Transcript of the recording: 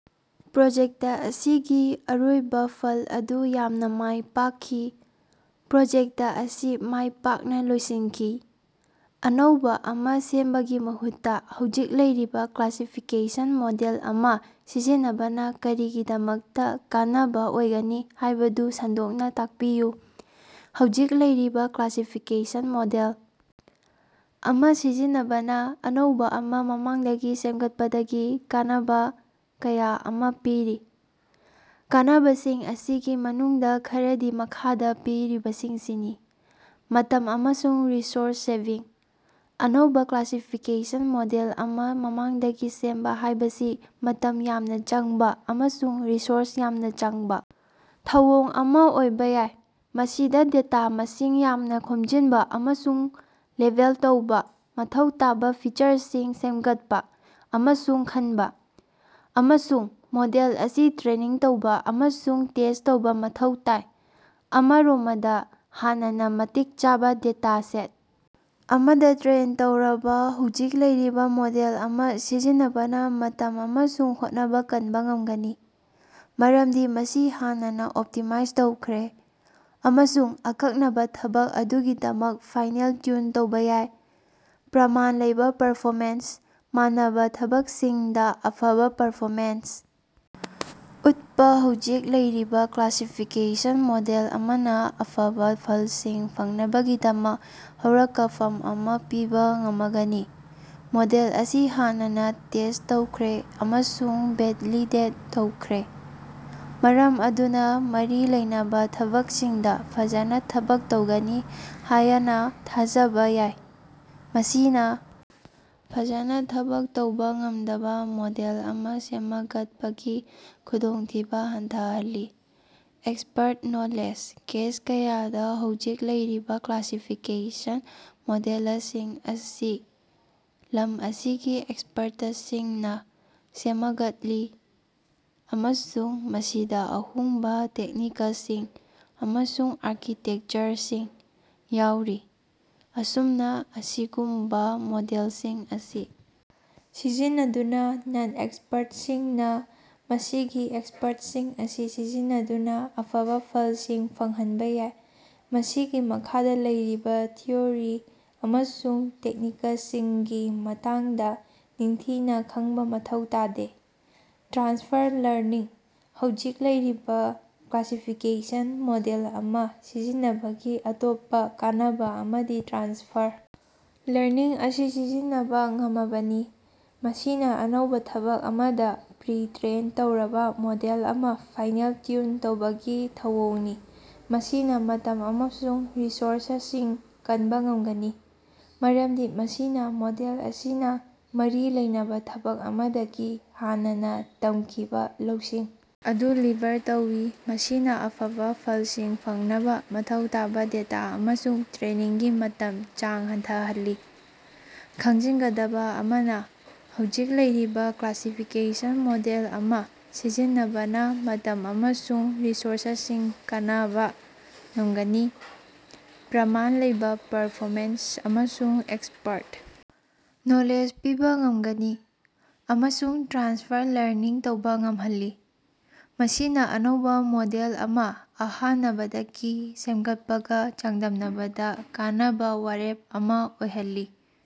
Project ꯑꯁꯤꯒꯤ ꯑꯔꯣꯏꯕꯥ ꯐꯜ ꯑꯗꯨ ꯌꯥꯝꯅꯥ ꯃꯥꯏ ꯄꯥꯛꯈꯤ꯫ ꯄ꯭ꯔꯣꯖꯦꯛꯇ ꯑꯁꯤ ꯃꯥꯢ ꯄꯥꯛꯅꯥ ꯂꯣꯏꯁꯤꯟꯈꯤ꯫। ꯑꯅꯧꯕꯥ ꯑꯃꯥ ꯁꯦꯝꯕꯒꯤ ꯃꯍꯨꯠꯇꯥ ꯍꯧꯖꯤꯛ ꯂꯩꯔꯤꯕꯥ ꯀ꯭ꯂꯥꯁꯤꯐꯤꯀꯦꯁꯟ ꯃꯣꯗꯦꯜ ꯑꯃꯥ ꯁꯤꯖꯤꯟꯅꯕꯅꯥ ꯀꯔꯤꯒꯤꯗꯃꯛꯇꯥ ꯀꯥꯟꯅꯕꯥ ꯑꯣꯏꯒꯅꯤ ꯍꯥꯏꯕꯗꯨ ꯁꯟꯗꯣꯛꯅꯥ ꯇꯥꯛꯄꯤꯌꯨ꯫ ꯍꯧꯖꯤꯛ ꯂꯩꯔꯤꯕꯥ ꯀ꯭ꯂꯥꯁꯤꯐꯤꯀꯦꯁꯟ ꯃꯣꯗꯦꯜ ꯑꯃꯥ ꯁꯤꯖꯤꯟꯅꯕꯅꯥ ꯑꯅꯧꯕꯥ ꯑꯃꯥ ꯃꯃꯥꯡꯗꯒꯤ ꯁꯦꯝꯒꯠꯄꯗꯒꯤ ꯀꯥꯟꯅꯕꯥ ꯀꯌꯥ ꯑꯃꯥ ꯄꯤꯔꯤ꯫ ꯀꯥꯟꯅꯕꯁꯤꯡ ꯑꯁꯤꯒꯤ ꯃꯅꯨꯡꯗꯥ ꯈꯔꯗꯤ ꯃꯈꯥꯗꯥ ꯄꯤꯔꯤꯕꯁꯤꯡꯁꯤꯅꯤ: ꯃꯇꯝ ꯑꯃꯁꯨꯡ ꯔꯤꯁꯣꯔꯁ-ꯁꯦꯚꯤꯡ: ꯑꯅꯧꯕꯥ ꯀ꯭ꯂꯥꯁꯤꯐꯤꯀꯦꯁꯟ ꯃꯣꯗꯦꯜ ꯑꯃꯥ ꯃꯃꯥꯡꯗꯒꯤ ꯁꯦꯝꯕꯥ ꯍꯥꯏꯕꯁꯤ ꯃꯇꯝ ꯌꯥꯝꯅꯥ ꯆꯪꯕꯥ ꯑꯃꯁꯨꯡ ꯔꯤꯁꯣꯔꯁ ꯌꯥꯝꯅꯥ ꯆꯪꯕꯥ ꯊꯧꯑꯣꯡ ꯑꯃꯥ ꯑꯣꯏꯕꯥ ꯌꯥꯏ꯫ ꯃꯁꯤꯗꯥ ꯗꯦꯇꯥ ꯃꯁꯤꯡ ꯌꯥꯝꯅꯥ ꯈꯣꯝꯖꯤꯟꯕꯥ ꯑꯃꯁꯨꯡ ꯂꯦꯕꯦꯜ ꯇꯧꯕꯥ, ꯃꯊꯧ ꯇꯥꯕꯥ ꯐꯤꯆꯔꯁꯤꯡ ꯁꯦꯝꯒꯠꯄꯥ ꯑꯃꯁꯨꯡ ꯈꯟꯕꯥ, ꯑꯃꯁꯨꯡ ꯃꯣꯗꯦꯜ ꯑꯁꯤ ꯇ꯭ꯔꯦꯅꯤꯡ ꯇꯧꯕꯥ ꯑꯃꯁꯨꯡ ꯇꯦꯁ꯭ꯠ ꯇꯧꯕꯥ ꯃꯊꯧ ꯇꯥꯏ꯫ ꯑꯃꯔꯣꯃꯗꯥ, ꯍꯥꯟꯅꯅꯥ ꯃꯇꯤꯛ ꯆꯥꯕꯥ ꯗꯦꯇꯥꯁꯦꯠ ꯑꯃꯗꯥ ꯇ꯭ꯔꯦꯟ ꯇꯧꯔꯕꯥ ꯍꯧꯖꯤꯛ ꯂꯩꯔꯤꯕꯥ ꯃꯣꯗꯦꯜ ꯑꯃꯥ ꯁꯤꯖꯤꯟꯅꯕꯅꯥ ꯃꯇꯝ ꯑꯃꯁꯨꯡ ꯍꯣꯠꯅꯕꯥ ꯀꯟꯕꯥ ꯉꯝꯒꯅꯤ꯫ ꯃꯔꯝꯗꯤ ꯃꯁꯤ ꯍꯥꯟꯅꯅꯥ ꯑꯣꯞꯇꯤꯃꯥꯏꯖ ꯇꯧꯈ꯭ꯔꯦ꯫ ꯑꯃꯁꯨꯡ ꯑꯀꯛꯅꯕꯥ ꯊꯕꯛ ꯑꯗꯨꯒꯤꯗꯃꯛ ꯐꯥꯏꯅꯦꯜ ꯇ꯭ꯌꯨꯟ ꯇꯧꯕꯥ ꯌꯥꯏ꯫ ꯄ꯭ꯔꯃꯥꯟ ꯂꯩꯕꯥ ꯄꯔꯐꯣꯃꯦꯟꯁ: ꯃꯥꯟꯅꯕꯥ ꯊꯕꯛꯁꯤꯡꯗꯥ ꯑꯐꯕꯥ ꯄꯔꯐꯣꯃꯦꯟꯁ ꯎꯠꯄꯥ ꯍꯧꯖꯤꯛ ꯂꯩꯔꯤꯕꯥ ꯀ꯭ꯂꯥꯁꯤꯐꯤꯀꯦꯁꯟ ꯃꯣꯗꯦꯜ ꯑꯃꯅꯥ ꯑꯐꯕꯥ ꯐꯜꯁꯤꯡ ꯐꯪꯅꯕꯒꯤꯗꯃꯛ ꯍꯧꯔꯀꯐꯝ ꯑꯃꯥ ꯄꯤꯕꯥ ꯉꯃꯒꯅꯤ꯫ ꯃꯣꯗꯦꯜ ꯑꯁꯤ ꯍꯥꯟꯅꯅꯥ ꯇꯦꯁ꯭ꯠ ꯇꯧꯈ꯭ꯔꯦ ꯑꯃꯁꯨꯡ ꯚꯦꯂꯤꯗꯦꯠ ꯇꯧꯈ꯭ꯔꯦ꯫ ꯃꯔꯝ ꯑꯗꯨꯅꯥ ꯃꯔꯤ ꯂꯩꯅꯕꯥ ꯊꯕꯛꯁꯤꯡꯗꯥ ꯐꯖꯅꯥ ꯊꯕꯛ ꯇꯧꯒꯅꯤ ꯍꯥꯌꯅꯥ ꯊꯥꯖꯕꯥ ꯌꯥꯏ꯫ ꯃꯁꯤꯅꯥ ꯐꯖꯅꯥ ꯊꯕꯛ ꯇꯧꯕꯥ ꯉꯝꯗꯕꯥ ꯃꯣꯗꯦꯜ ꯑꯃꯥ ꯁꯦꯃꯒꯠꯄꯒꯤ ꯈꯨꯗꯣꯡꯊꯤꯕꯥ ꯍꯟꯊꯍꯜꯂꯤ꯫ ꯑꯦꯛꯁꯄ꯭ꯔꯠ ꯅꯣꯂꯦꯖ: ꯀꯦꯁ ꯀꯌꯥꯗꯥ ꯍꯧꯖꯤꯛ ꯂꯩꯔꯤꯕꯥ ꯀ꯭ꯂꯥꯁꯤꯐꯤꯀꯦꯁꯟ ꯃꯣꯗꯦꯂꯁꯤꯡ ꯑꯁꯤ ꯂꯝ ꯑꯁꯤꯒꯤ ꯑꯦꯛꯁꯄꯔꯇꯁꯤꯡꯅꯥ ꯁꯦꯃꯒꯠꯂꯤ ꯑꯃꯁꯨꯡ ꯃꯁꯤꯗꯥ ꯑꯍꯣꯡꯕꯥ ꯇꯦꯛꯅꯤꯀꯁꯤꯡ ꯑꯃꯁꯨꯡ ꯑꯥꯔꯀꯤꯇꯦꯀꯆꯔꯁꯤꯡ ꯌꯥꯎꯔꯤ꯫ ꯑꯁꯨꯝꯅꯥ, ꯑꯁꯤꯒꯨꯝꯕꯥ ꯃꯣꯗꯦꯜꯁꯤꯡ ꯑꯁꯤ ꯁꯤꯖꯤꯟꯅꯗꯨꯅꯥ, ꯅꯟ-ꯑꯦꯛꯁꯄꯔꯇꯁꯤꯡꯅꯥ ꯃꯁꯤꯒꯤ ꯑꯦꯛꯁꯄꯔꯇꯁꯤꯡ ꯑꯁꯤ ꯁꯤꯖꯤꯟꯅꯗꯨꯅꯥ ꯑꯐꯕꯥ ꯐꯜꯁꯤꯡ ꯐꯪꯍꯟꯕꯥ ꯌꯥꯏ꯫ ꯃꯁꯤꯒꯤ ꯃꯈꯥꯗꯥ ꯂꯩꯔꯤꯕꯥ ꯊꯤꯑꯣꯔꯤ ꯑꯃꯁꯨꯡ ꯇꯦꯛꯅꯤꯀꯁꯤꯡꯒꯤ ꯃꯇꯥꯡꯗꯥ ꯅꯤꯡꯊꯤꯅꯥ ꯈꯪꯕꯥ ꯃꯊꯧ ꯇꯥꯗꯦ꯫ ꯇ꯭ꯔꯥꯟꯁꯐꯔ ꯂꯔꯅꯤꯡ: ꯍꯧꯖꯤꯛ ꯂꯩꯔꯤꯕꯥ ꯀ꯭ꯂꯥꯁꯤꯐꯤꯀꯦꯁꯟ ꯃꯣꯗꯦꯜ ꯑꯃꯥ ꯁꯤꯖꯤꯟꯅꯕꯒꯤ ꯑꯇꯣꯞꯄꯥ ꯀꯥꯟꯅꯕꯥ ꯑꯃꯗꯤ ꯇ꯭ꯔꯥꯟꯁꯐꯔ ꯂꯔꯅꯤꯡ ꯑꯁꯤ ꯁꯤꯖꯤꯟꯅꯕꯥ ꯉꯃꯕꯅꯤ꯫ ꯃꯁꯤꯅꯥ ꯑꯅꯧꯕꯥ ꯊꯕꯛ ꯑꯃꯗꯥ ꯄ꯭ꯔꯤ-ꯇ꯭ꯔꯦꯟ ꯇꯧꯔꯕꯥ ꯃꯣꯗꯦꯜ ꯑꯃꯥ ꯐꯥꯏꯅꯦꯜ ꯇꯤꯎꯟ ꯇꯧꯕꯒꯤ ꯊꯧꯑꯣꯡꯅꯤ꯫ ꯃꯁꯤꯅꯥ ꯃꯇꯝ ꯑꯃꯁꯨꯡ ꯔꯤꯁꯣꯔꯁꯁꯤꯡ ꯀꯟꯕꯥ ꯉꯝꯒꯅꯤ꯫ ꯃꯔꯝꯗꯤ ꯃꯁꯤꯅꯥ ꯃꯣꯗꯦꯜ ꯑꯁꯤꯅꯥ ꯃꯔꯤ ꯂꯩꯅꯕꯥ ꯊꯕꯛ ꯑꯃꯗꯒꯤ ꯍꯥꯟꯅꯅꯥ ꯇꯃꯈꯤꯕꯥ ꯂꯧꯁꯤꯡ ꯑꯗꯨ ꯂꯤꯚꯔ ꯇꯧꯢ꯫, ꯃꯁꯤꯅꯥ ꯑꯐꯕꯥ ꯐꯜꯁꯤꯡ ꯐꯪꯅꯕꯥ ꯃꯊꯧ ꯇꯥꯕꯥ ꯗꯦꯇꯥ ꯑꯃꯁꯨꯡ ꯇ꯭ꯔꯦꯅꯤꯡꯒꯤ ꯃꯇꯝꯒꯤ ꯆꯥꯡ ꯍꯟꯊꯍꯜꯂꯤ꯫ ꯈꯪꯖꯤꯟꯒꯗꯕꯥ ꯑꯃꯅꯥ, ꯍꯧꯖꯤꯛ ꯂꯩꯔꯤꯕꯥ ꯀ꯭ꯂꯥꯁꯤꯐꯤꯀꯦꯁꯟ ꯃꯣꯗꯦꯜ ꯑꯃꯥ ꯁꯤꯖꯤꯟꯅꯕꯅꯥ ꯃꯇꯝ ꯑꯃꯁꯨꯡ ꯔꯤꯁꯣꯔꯁꯁꯤꯡ ꯀꯅꯕꯥ ꯉꯝꯒꯅꯤ꯫ ꯄ꯭ꯔꯃꯥꯟ ꯂꯩꯕꯥ ꯄꯔꯐꯣꯃꯦꯟꯁ ꯑꯃꯁꯨꯡ ꯑꯦꯛꯁꯄꯔꯠ ꯅꯣꯂꯦꯖ ꯄꯤꯕꯥ ꯉꯝꯒꯅꯤ꯫ ꯑꯃꯁꯨꯡ ꯇ꯭ꯔꯥꯟꯁꯐꯔ ꯂꯔꯅꯤꯡ ꯇꯧꯕꯥ ꯉꯝꯍꯜꯂꯤ꯫ ꯃꯁꯤꯅꯥ ꯑꯅꯧꯕꯥ ꯃꯣꯗꯦꯜ ꯑꯃꯥ ꯑꯍꯥꯅꯕꯗꯒꯤ ꯁꯦꯝꯒꯠꯄꯒꯥ ꯆꯥꯡꯗꯝꯅꯕꯗꯥ ꯀꯥꯟꯅꯕꯥ ꯋꯥꯔꯦꯞ ꯑꯃꯥ ꯑꯣꯏꯍꯜꯂꯤ꯫